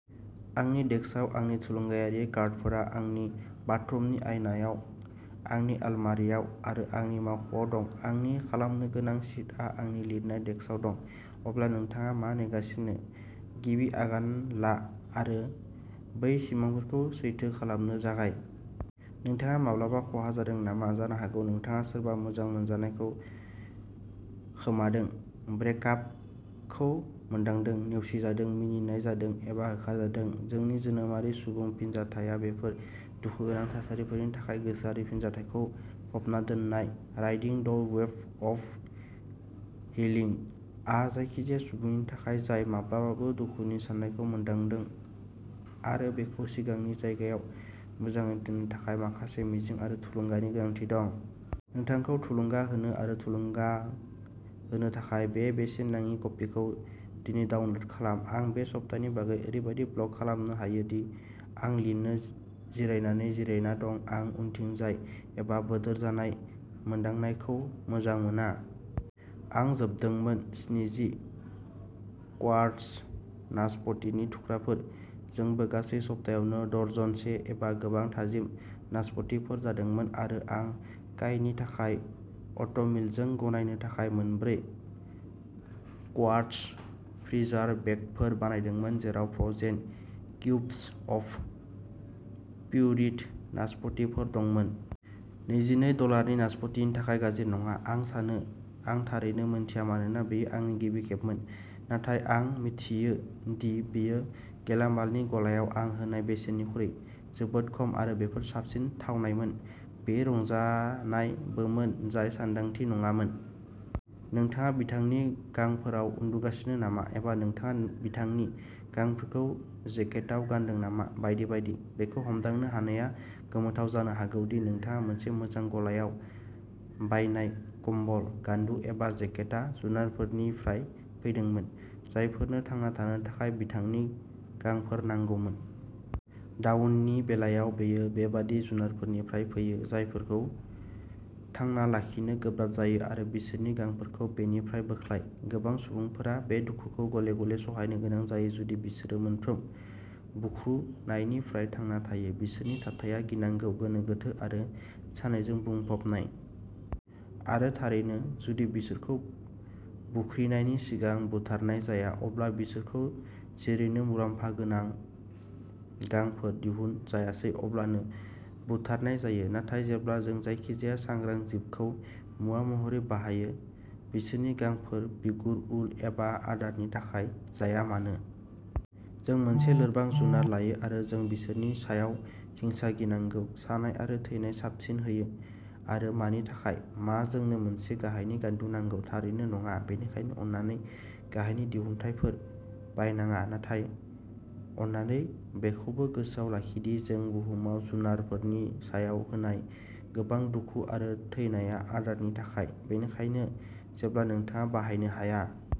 आंनि डेस्कआव आंनि थुलुंगायारि कार्डफोरा आंनि बाथरुमनि आयनाआव, आंनि आलमारिआव आरो आंनि मावख'आव दं। आंनि "खालामनो गोनां" शीटआ आंनि लिरनाय डेस्कआव दं। अब्ला नोंथाङा मा नेगासिनो? गिबि आगान ला आरो बै सिमांफोरखौ सैथो खालामनो जागाय। नोंथाङा माब्लाबा खहा जादों नामा? जानो हागौ नोंथाङा सोरबा मोजां मोनजानायखौ खोमादों, ब्रेक-आपखौ मोनदांदों, नेवसिजादों, मिनिनाय जादों एबा होखारजादों। जोंनि जोनोमारि, सुबुं फिनजाथाया बेफोर दुखुगोनां थासारिफोरनि थाखाय गोसोआरि फिनजाथायखौ फबना दोननाय। "Riding the wave of healing" आ जायखिजाया सुबुंनि थाखाय जाय माब्लाबाबो दुखुनि सानायखौ मोनदांदों आरो बेखौ सिगांनि जायगायाव मोजाङै दोननो थाखाय माखासे मिजिं आरो थुलुंगानि गोनांथि दं। नोंथांखौ थुलुंगा होनो आरो थुलुंगा होनो थाखाय बे बेसेन नाङि कपिखौ दिनै डाउनल'ड खालाम। आं बे सप्तानि बागै ओरैबादि ब्लग खालामनो हायो दि आं लिरनो जिरायनानै जिरायना दं। आं उनथिंजाय एबा बोदोर जानाय मोनदांनायखौ मोजां मोना। आं जोबदोंमोन। जिस्नि क्वार्ट्स नासपतिनि थुख्राफोर। जोंबो गासै सप्तायावनो दर्जनसे एबा गोबां थाजिम नासपतिफोर जादोंमोन आरो आं काइनि थाखाय अ'टमिलजों गलायनो थाखाय मोनब्रै क्वार्ट्स फ्रिजार बेगफोर बानायदोंमोन, जेराव फ्र'जेन किउब्स अफ प्युरिद नासपतिफोर दंमोन। नैजिनै डलारनि नासपतिनि थाखाय गाज्रि नङा। आं सानो आं थारैनो मिन्थिया मानोना बेयो आंनि गिबि खेबमोन, नाथाय आं मिथियो दि बेयो गेलामालनि गलायाव आं होनाय बेसेननिख्रुइ जोबोद खम आरो बेफोर साबसिन थावनायमोन। बेयो रंजानायबोमोन, जाय सानदांथि नङामोन। नोंथाङा बिथांनि गांफोराव उन्दुगासिनो नामा? एबा नोंथाङा बिथांनि गांफोरखौ जेकेटआव गानदों नामा, बायदि बायदि। बेखौ हमदांनो हानाया गोमोथाव जानो हागौ दि नोंथाङा मोनसे मोजां गलायाव बायनाय कम्बल, गान्दु एबा जेकेटआ जुनारफोरनिफ्राय फैदोंमोन, जायफोरनो थांना थानो थाखाय बिथांनि गांफोर नांगौमोन। "डाउन" नि बेलायाव, बेयो बेबादि जुनारफोरनिफ्राय फैयो, जायफोरखौ थांना लाखिनो गोब्राब जायो आरो बिसोरनि गांफोरखौ बेनिफ्राय बोख्लाय, गोबां सुबुंफोरा बे दुखुखौ गले-गले सहायनो गोनां जायो जुदि बिसोरो मोनफ्रोम बुख्रुनायनिफ्राय थांना थायो। बिसोरनि थाथाया गिनांगौ, गोनो-गोथो आरो सानायजों बुंफबनाय। आरो थारैनो, जुदि बिसोरखौ बुख्रिनायनि सिगां बुथारनाय जाया, अब्ला बिसोरखौ जेरैनो मुलाम्फा गोनां गांफोर "दिहुन" जायासै अब्लानो बुथारनाय जायो। नाथाय जेब्ला जों जायखिजाया सांग्रां जिबखौ मुवा महरै बाहायो, बिसोरनि गांफोर, बिगुर, उल एबा आदारनि थाखाय जाया मानो। जों मोनसे लोरबां जुनार लायो आरो जों बिसोरनि सायाव हिंसा, गिनांगौ, सानाय आरो थैनाय जाबसिनहोयो। आरो, मानि थाखाय? मा जोंनो मोनसे गाहायनि गान्दु नांगौ? थारैनो नङा। बेनिखायनो, अन्नानै गाहायनि दिहुनथायफोर बायनाङा। नाथाय अन्नानै बेखौबो गोसोआव लाखि दि जों बुहुमाव जुनारफोरनि सायाव होनाय गोबां दुखु आरो थैनाया आदारनि थाखाय। बेनिखायनो जेब्ला नोंथाङा बाहायनो हाया।